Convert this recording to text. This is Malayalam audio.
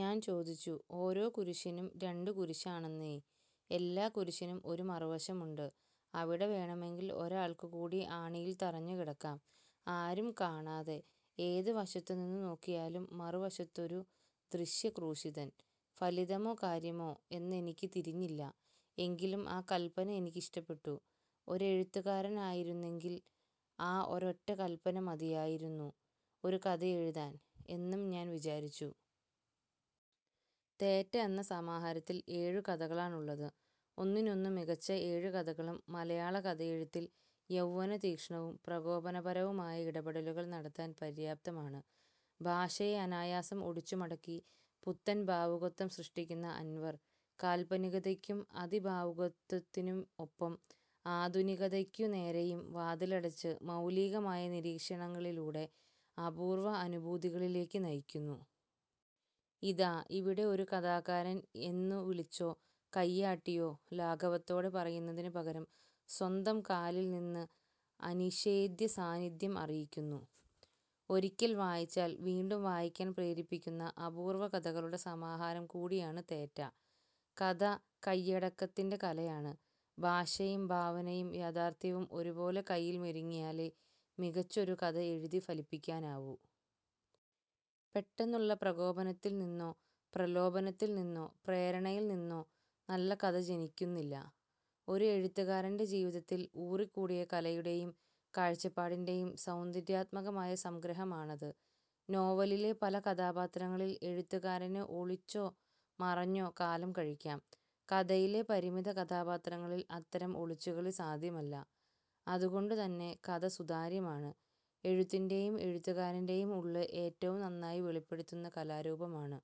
ഞാൻ ചോദിച്ചു. ഓരോ കുരിശിനും രണ്ടു കുരിശാണെന്നേ. എല്ലാ കുരിശിനും ഒരു മറുവശവുമുണ്ട്. അവിടെ വേണമെങ്കിൽ ഒരാൾക്കു കൂടി ആണിയിൽ തറഞ്ഞുകിടക്കാം; ആരും കാണാതെ. ഏതു വശത്തുനിന്നു നോക്കിയാലും മറുവശത്തൊരുദൃശ്യ ക്രൂശിതൻ. ഫലിതമോ കാര്യമോ എന്നെനിക്കു തിരിഞ്ഞില്ല. എങ്കിലും ആ കൽപന എനിക്കിഷ്ടപ്പെട്ടു. ഒരെഴുത്തുകാരനായിരുന്നെങ്കിൽ, ആ ഒരൊറ്റ കൽപന മതിയായിരുന്നു, ഒരു കഥയെഴുതാൻ എന്നും ഞാൻ വിചാരിച്ചു. തേറ്റ എന്ന സമാഹാരത്തിൽ ഏഴു കഥകളാണുള്ളത്. ഒന്നിനൊന്നു മികച്ച ഏഴു കഥകളും മലയാള കഥയെഴുത്തിൽ യൗവനതീക്ഷ്ണവും പ്രകോപനപരവുമായ ഇടപെടലുകൾ നടത്താൻ പര്യാപ്തമാണ്. ഭാഷയെ അനായാസം ഒടിച്ചുമടക്കി പുത്തൻ ഭാവുകത്വം സൃഷ്ടിക്കുന്ന അൻവർ, കാൽപനികതയ്ക്കും അതിഭാവുകത്വത്തിനും ഒപ്പം ആധുനികതയ്ക്കു നേരെയും വാതിലടച്ച്, മൗലികമായ നിരീക്ഷണങ്ങളിലൂടെ അപൂർവ അനുഭൂതികളിലേക്കു നയിക്കുന്നു. ഇതാ, ഇവിടെ ഒരു കഥാകാരൻ എന്നു വിളിച്ചോ കയ്യാട്ടിയോ ലാഘവത്തോടെ പറയുന്നതിനു പകരം, സ്വന്തം കാലിൽ നിന്ന് അനിഷേധ്യ സാന്നിധ്യം അറിയിക്കുന്നു. ഒരിക്കൽ വായിച്ചാൽ വീണ്ടും വായിക്കാൻ പ്രേരിപ്പിക്കുന്ന അപൂർവ കഥകളുടെ സമാഹാരം കൂടിയാണു തേറ്റ. കഥ കയ്യടക്കത്തിന്റെ കലയാണ്. ഭാഷയും ഭാവനയും യഥാർഥ്യവും ഒരുപോലെ കയ്യിൽ മെരുങ്ങിയാലേ മികച്ചൊരു കഥ എഴുതി ഫലിപ്പിക്കാനാവൂ. പെട്ടെന്നുള്ള പ്രകോപനത്തിൽ നിന്നോ, പ്രലോഭനത്തിൽ നിന്നോ, പ്രേരണയിൽ നിന്നോ നല്ല കഥ ജനിക്കുന്നില്ല. ഒരു എഴുത്തുകാരന്റെ ജീവിതത്തിൽ ഊറിക്കൂടിയ കലയുടെയും കാഴ്ചപ്പാടിന്റെയും സൗന്ദര്യാത്മകമായ സംഗ്രഹമാണത്. നോവലിലെ പല കഥാപാത്രങ്ങളിൽ എഴുത്തുകാരന് ഒളിച്ചോ മറഞ്ഞോ കാലം കഴിക്കാം. കഥയിലെ പരിമിത കഥാപാത്രങ്ങളിൽ അത്തരം ഒളിച്ചുകളി സാധ്യമല്ല. അതുകൊണ്ടുതന്നെ കഥ സുതാര്യമാണ്, എഴുത്തിന്റെയും എഴുത്തുകാരന്റെയും ഉള്ള് ഏറ്റവും നന്നായി വെളിപ്പെടുത്തുന്ന കലാരൂപമാണ്.